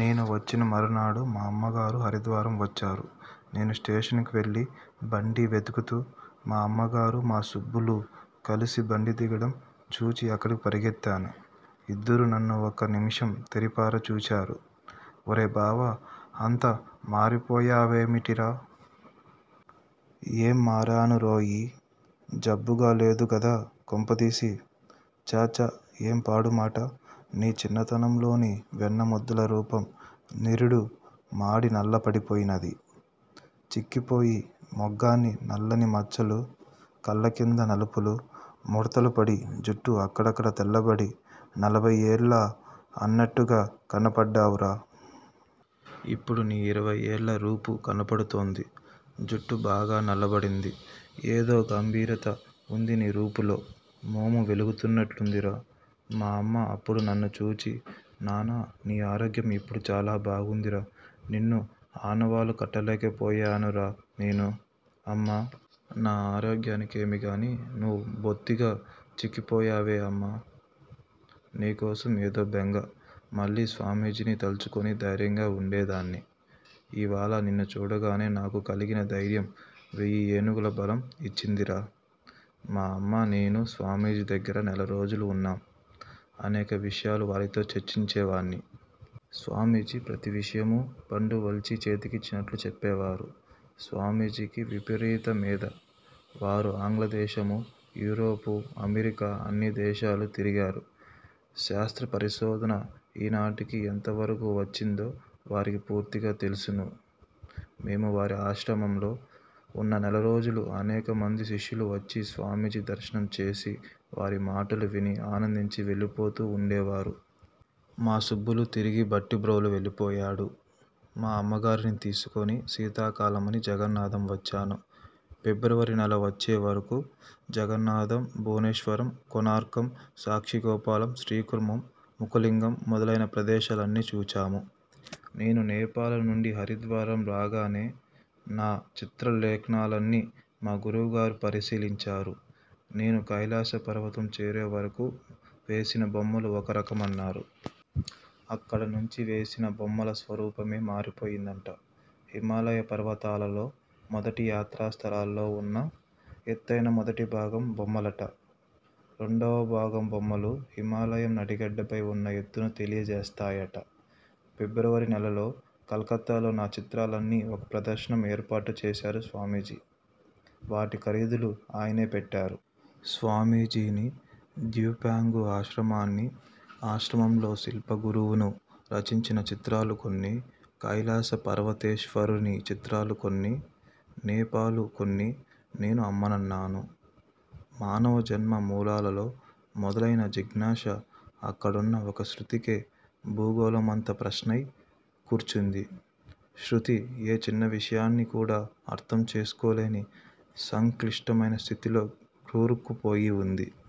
నేను వచ్చిన మరునాడు మా అమ్మగారు హరిద్వారం వచ్చారు. నేను స్టేషనుకు వెళ్ళి, బండి వెతుకుతూ, మా అమ్మగారూ, మా సుబ్బులూ కలసి బండి దిగడం చూచి అక్కడకు పరుగెత్తాను. ఇద్దరూ నన్ను ఒక్క నిమిషం తేరిపార చూచారు! '' ఒరే బావా! అంత మారిపోయా వేమిటిరా? '''' ఏం మరానురోయి! జబ్బుగా లేదుకదా, కొంపదీసి! '''' ఛా! ఛా! ఏం పాడుమాట. నీ చిన్నతనంలోని వెన్న ముద్దలరూపం నిరుడు మాడి నల్ల పడిపోయినది. చిక్కిపోయి, మొగాన్ని నల్లని మచ్చలు, కళ్ళ కింద నలుపులు, ముడతలుపడి, జుట్టు అక్కడక్కడ తెల్లబడి, నలభై ఏళ్ళా అన్నట్టుగా కనబడ్డావురా! ఇప్పుడు నీ ఇరవై ఏళ్ళరూపూ కనబడుతోంది. జుట్టు బాగా నల్లబడింది. ఏదో గంభీరత ఉంది నీ రూపుల్లో మోము వెలుగుతున్నట్లుందిరా! '' మా అమ్మ, అప్పుడు నన్ను చూచి, ''నాన్న! నీ ఆరోగ్యం ఇప్పుడు చాలా బాగుందిరా! నిన్ను ఆనవాలు కట్టలేకపోయానురా! '' నేను: అమ్మా! నా ఆరోగ్యానికేమీగాని, నువ్వు బొత్తిగా చిక్కిపోయావే! అమ్మ: నీకోసం ఏదో బెంగ. మళ్ళీ స్వామీజీని తలుచుకొని ధైర్యంగా ఉండేదాన్ని. ఈవాళ నిన్ను చూడగానే నాకు కలిగిన ధైర్యం వేయి ఏనుగుల బలం ఇచ్చిందిరా! మా అమ్మా, నేనూ స్వామీజీ దగ్గర నెలరోజులు వున్నాం. అనేక విషయాలు వారితో చర్చించేవాణ్ణి. స్వామీజీ ప్రతి విషయమూ పండు ఒలిచి చేతికిచ్చినట్లు చెప్పేవారు. స్వామీజీకి విపరీత మేధ. వారు ఆంగ్లదేశము, యూరోపు, అమెరికా అన్ని దేశాలు తిరిగారు. శాస్త్రపరిశోధన ఈనాటికి ఎంతవరకు వచ్చిందో వారికి పూర్తిగా తెలుసును. మేము వారి ఆశ్రమంలో ఉన్న నెలరోజులూ అనేకమంది శిష్యులువచ్చి స్వామీజీ దర్శనం చేసి వారి మాటలు విని ఆనందించి వెళ్ళిపోతూ వుండేవారు. మా సుబ్బులు తిరిగి భట్టిప్రోలు వెళ్ళిపోయాడు. మా అమ్మగారిని తీసుకొని శీతాకాలమని జగన్నాథం వచ్చాను. ఫిబ్రవరి నెల వచ్చేవరకు జగన్నాథం, భువనేశ్వరం, కోణార్కం, సాక్షిగోపాలం, శ్రీకూర్మం, ముఖలింగం మొదలైన ప్రదేశాలన్నీ చుచాము. నేను నేపాలునుండి హరిద్వారం రాగానే నా చిత్రలేఖనాలన్నీ మా గురువుగారు పరిశీలించారు. నేను కైలాస పర్వతం చేరేవరకూ వేసిన బొమ్మలు ఒక రకం అన్నారు. అక్కడనుంచి వేసిన బొమ్మల స్వరూపమే మారిపోయిందట. హిమాలయ పర్వతాలలో మొదటి యాత్రాస్థలాల్లో ఉన్న ఎత్తేనా మొదటిభాగం బొమ్మలట. రెండవభాగం బొమ్మలు, హిమాలయం నడిగడ్డపై ఉన్న ఎత్తును తెలియజేస్తాయట. ఫిబ్రవరి నెలలో కలకత్తాలో నా చిత్రాలన్నీ ఒక ప్రదర్శనం ఏర్పాటు చేశారు స్వామీజీ. వాటి ఖరీదులు ఆయనే పెట్టారు. స్వామీజీని, ద్యూపాంగు ఆశ్రమాన్ని, ఆశ్రమంలో శిల్ప గురువును రచించిన చిత్రాలు కొన్ని, కైలాస పర్వతేశ్వరుని చిత్రాలు కొన్ని, నేపాలు కొన్ని నేను అమ్మనన్నాను. మానవజన్మ మూలల్లో మొదలైన జిజ్ఞాస అక్కడున్న ఒక్క శృతికే భూగోళమంతా ప్రశ్నై కూర్చుంది. శృతి ఏ చిన్న విషయాన్ని కూడా అర్థం చేసుకోలేని సంక్లిష్టమైన స్థితిలో కూరుకుపోయి వుంది.